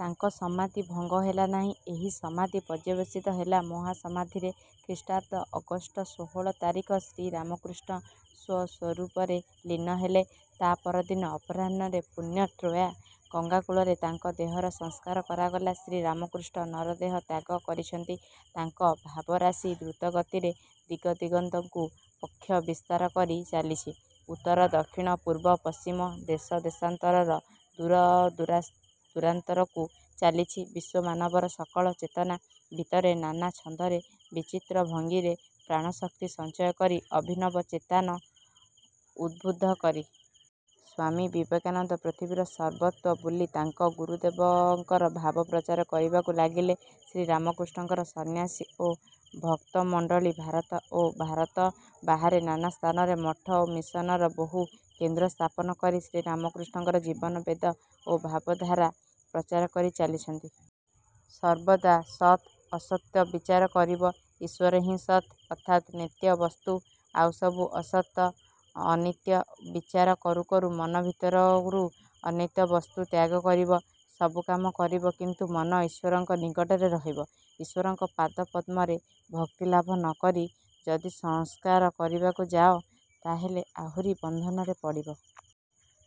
ତାଙ୍କ ସମାଧି ଭଙ୍ଗ ହେଲା ନାହିଁ। ଏହି ସମାଧି ପର୍ଯ୍ୟବସିତ ହେଲା ମହାସମାଧିରେ। ଖ୍ରୀଷ୍ଟାବ୍ଦ: ଅଗଷ୍ଟ ଷୋହଳ ତାରିଖ ଶ୍ରୀରାମକୃଷ୍ଣ ସ୍ୱ-ସ୍ୱରୂପରେ ଲୀନ ହେଲେ। ତା' ପରଦିନ ଅପରାହ୍ନରେ ପୁଣ୍ୟତୋୟା ଗଙ୍ଗାକୂଳରେ ତାଙ୍କ ଦେହର ସଂସ୍କାର କରାଗଲା। ଶ୍ରୀରାମକୃଷ୍ଣ ନରଦେହ ତ୍ୟାଗ କରିଛନ୍ତି। ତାଙ୍କ ଭାବରାଶି ଦ୍ରୁତଗତିରେ ଦିଗଦିଗନ୍ତକୁ ପକ୍ଷ ବିସ୍ତାର କରି ଚାଲିଛି-ଉତ୍ତର-ଦକ୍ଷିଣ, ପୂର୍ବପଶ୍ଚିମ, ଦେଶଦେଶାନ୍ତର, ଦୂରଦୂରାନ୍ତରକୁ-ଚାଲିଛି ବିଶ୍ୱମାନବର ସକଳ ଚେତନା ଭିତରେ, ନାନା ଛନ୍ଦରେ, ବିଚିତ୍ର ଭଙ୍ଗୀରେ ପ୍ରାଣଶକ୍ତି ସଞ୍ଚୟ କରି, ଅଭିନବ ଚେତାନା ଉଦ୍ବୁଦ୍ଧ କରି। ସ୍ୱାମୀ ବିବେକାନନ୍ଦ ପୃଥିବୀର ସର୍ବତ୍ର ବୁଲି ତାଙ୍କ ଗୁରୁଦେବଙ୍କର ଭାବ ପ୍ରଚାର କରିବାକୁ ଲାଗିଲେ। ଶ୍ରୀରାମକୃଷ୍ଣଙ୍କର ସନ୍ନ୍ୟାସୀ ଓ ଭକ୍ତମଣ୍ଡଳୀ ଭାରତ ଓ ଭାରତ ବାହାରେ ନାନା ସ୍ଥାନରେ ମଠ ଓ ମିଶନର ବହୁ କେନ୍ଦ୍ର ସ୍ଥାପନ କରି ଶ୍ରୀରାମକୃଷ୍ଣଙ୍କ ଜୀବନ-ବେଦ ଓ ଭାବଧାରା ପ୍ରଚାର କରି ଚାଲିଛନ୍ତି। ସର୍ବଦା ସତ୍ ଅସତ୍ ବିଚାର କରିବ। ଈଶ୍ୱର ହିଁ ସତ୍, ଅର୍ଥାତ୍ ନିତ୍ୟ ବସ୍ତୁ; ଆଉସବୁ ଅସତ୍, ଅନିତ୍ୟ। ବିଚାର କରୁ କରୁ ମନ ଭିତରୁ ଅନିତ୍ୟ ବସ୍ତୁ ତ୍ୟାଗ କରିବ। ସବୁ କାମ କରିବ, କିନ୍ତୁ ମନ ଈଶ୍ୱରଙ୍କ ନିକଟରେ ରଖିବ। ଈଶ୍ୱରଙ୍କ ପାଦପଦ୍ମରେ ଭକ୍ତିଲାଭ ନ କରି ଯଦି ସଂସ୍କାର କରିବାକୁ ଯାଅ, ତା' ହେଲେ ଆହୁରି ବନ୍ଧନରେ ପଡ଼ିବ।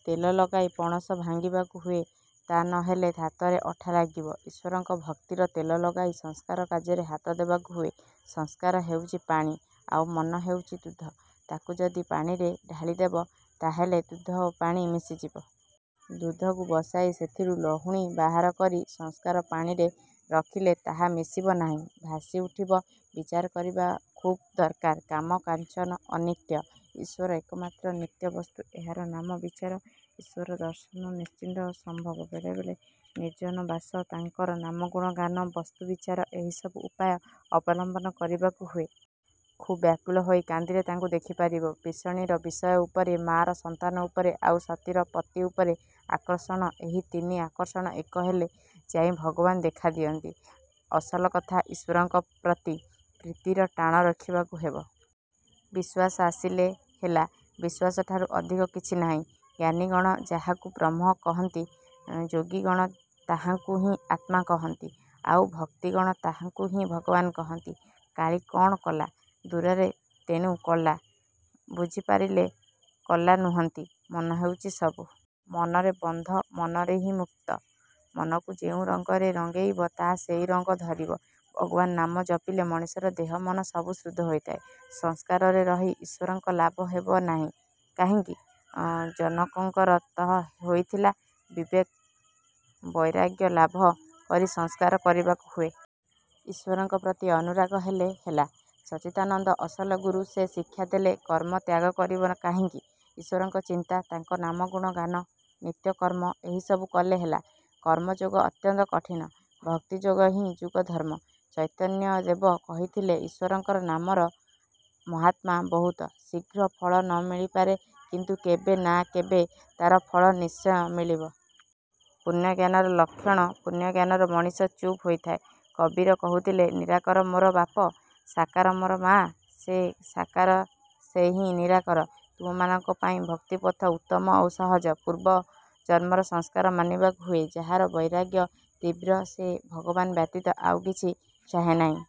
ତେଲ ଲଗାଇ ପଣସ ଭାଙ୍ଗିବାକୁ ହୁଏ, ତା'ନ ହେଲେ ହାତରେ ଅଠା ଲାଗିବ। ଈଶ୍ୱର ଭକ୍ତିର ତେଲ ଲଗାଇ ସଂସାର କାର୍ଯ୍ୟରେ ହାତ ଦେବାକୁ ହୁଏ। ସଂସାର ହେଉଛି ପାଣି, ଆଉ ମନ ହେଉଛି ଦୁଧ। ତା'କୁ ଯଦି ପାଣିରେ ଢାଳିଦେବ, ତା' ହେଲେ ଦୁଧ ଓ ପାଣି ମିଶିଯିବ। ଦୁଧକୁ ବସାଇ ସେଥିରୁ ଲହୁଣୀ ବାହାର କରି ସଂସାର-ପାଣିରେ ରଖିଲେ ତାହା ମିଶିବ ନାହିଁ, ଭାସି ଉଠିବ। ବିଚାର କରିବା ଖୁବ୍ ଦରକାର। କାମ-କାଞ୍ଚନ ଅନିତ୍ୟ, ଈଶ୍ୱର ଏକମାତ୍ର ନିତ୍ୟ ବସ୍ତୁ-ଏହାର ନାମ ବିଚାର। ଈଶ୍ୱର ଦର୍ଶନ ନିଶ୍ଚିତ ସମ୍ଭବ। ବେଳେବେଳେ ନିର୍ଜନ-ବାସ, ତାଙ୍କର ନାମଗୁଣ ଗାନ, ବସ୍ତୁ-ବିଚାର-ଏହିସବୁ ଉପାୟ ଅବଲମ୍ବନ କରିବାକୁ ହୁଏ। ଖୁବ୍ ବ୍ୟାକୁଳ ହୋଇ କାନ୍ଦିଲେ ତାଙ୍କୁ ଦେଖିପାରିବ। ବିଷୟୀର ବିଷୟ ଉପରେ, ମା'ର ସନ୍ତାନ ଉପରେ, ଆଉ ସତୀର ପତି ଉପରେ ଆକର୍ଷଣ-ଏହି ତିନି ଆକର୍ଷଣ ଏକ ହେଲେ ଯାଇ ଭଗବାନ ଦେଖା ଦିଅନ୍ତି। ଅସଲ କଥା, ଈଶ୍ୱରଙ୍କ ପ୍ରତି ପ୍ରୀତିର ଟାଣ ରଖିବାକୁ ହେବ। ବିଶ୍ୱାସ ଆସିଲେ ହେଲା। ବିଶ୍ୱାସଠାରୁ ଅଧିକ କିଛି ନାହିଁ। ଜ୍ଞାନୀଗଣ ଯାହାକୁ ବ୍ରହ୍ମ କହନ୍ତି, ଯୋଗୀଗଣ ତାହାଙ୍କୁ ହିଁ ଆତ୍ମା କହନ୍ତି, ଆଉ ଭକ୍ତଗଣ ତାହାଙ୍କୁ ହିଁ ଭଗବାନ କହନ୍ତି। କାଳୀ କ'ଣ କଲା! ଦୂରରେ, ତେଣୁ କଳା; ବୁଝିପାରିଲେ କଲା ନୁହନ୍ତି। ମନ ହେଉଛି ସବୁ। ମନର ବନ୍ଧ, ମନରେ ହିଁ ମୁକ୍ତ। ମନକୁ ଯେଉଁ ରଙ୍ଗରେ ରଙ୍ଗେଇବ, ତାହା ସେହି ରଙ୍ଗ ଧରିବ। ଭଗବାନ ନାମ ଜପିଲେ ମଣିଷର ଦେହ ମନ ସବୁ ଶୁଦ୍ଧ ହୋଇଯାଏ। ସଂସାରରେ ରହି ଈଶ୍ୱର ଲାଭ ହେବ ନାହିଁ କାହିଁକି? ଜନକଙ୍କର ତ ହୋଇଥିଲା। ବିବେକ-ବୈରାଗ୍ୟ ଲାଭ କରି ସଂସାର କରିବାକୁ ହୁଏ। ଈଶ୍ୱରଙ୍କ ପ୍ରତି ଅନୁରାଗ ହେଲେ ହେଲା। ସଚ୍ଚିଦାନନ୍ଦ ଅସଲ ଗୁରୁ; ସେ ଶିକ୍ଷା ଦେବେ। କର୍ମ ତ୍ୟାଗ କରିବ କାହିଁକି? ଈଶ୍ୱରଙ୍କ ଚିନ୍ତା, ତାଙ୍କ ନାମଗୁଣ ଗାନ, ନିତ୍ୟକର୍ମ-ଏହିସବୁ କଲେ ହେଲା। କର୍ମଯୋଗ ଅତ୍ୟନ୍ତ କଠିନ। ଭକ୍ତିଯୋଗ ହିଁ ଯୁଗଧର୍ମ। ଚୈତନ୍ୟଦେବ କହିଥିଲେ ଈଶ୍ୱରଙ୍କ ନାମର ମାହାତ୍ମ୍ୟ ବହୁତ; ଶୀଘ୍ର ଫଳ ନ ମିଳିପାରେ, କିନ୍ତୁ କେବେ ନା କେବେ ତା'ର ଫଳ ନିଶ୍ଚୟ ମିଳିବ। ପୂର୍ଣ୍ଣଜ୍ଞାନର ଲକ୍ଷଣ ପୂର୍ଣ୍ଣଜ୍ଞାନରେ ମଣିଷ ଚୁପ୍ ହୋଇଯାଏ। କବୀର କହୁଥିଲେ ନିରାକାର ମୋର ବାପ, ସାକାର ମୋର ମା'। ଯେ ସାକାର, ସେ ହିଁ ନିରାକାର। ତୁମମାନଙ୍କ ପାଇଁ ଭକ୍ତିପଥ ଉତ୍ତମ ଓ ସହଜ। ପୂର୍ବଜନ୍ମର ସଂସ୍କାର ମାନିବାକୁ ହୁଏ। ଯାହାର ବୈରାଗ୍ୟ ତୀବ୍ର, ସେ ଭଗବାନ ବ୍ୟତୀତ ଆଉ କିଛି ଚାହେଁ ନାହିଁ।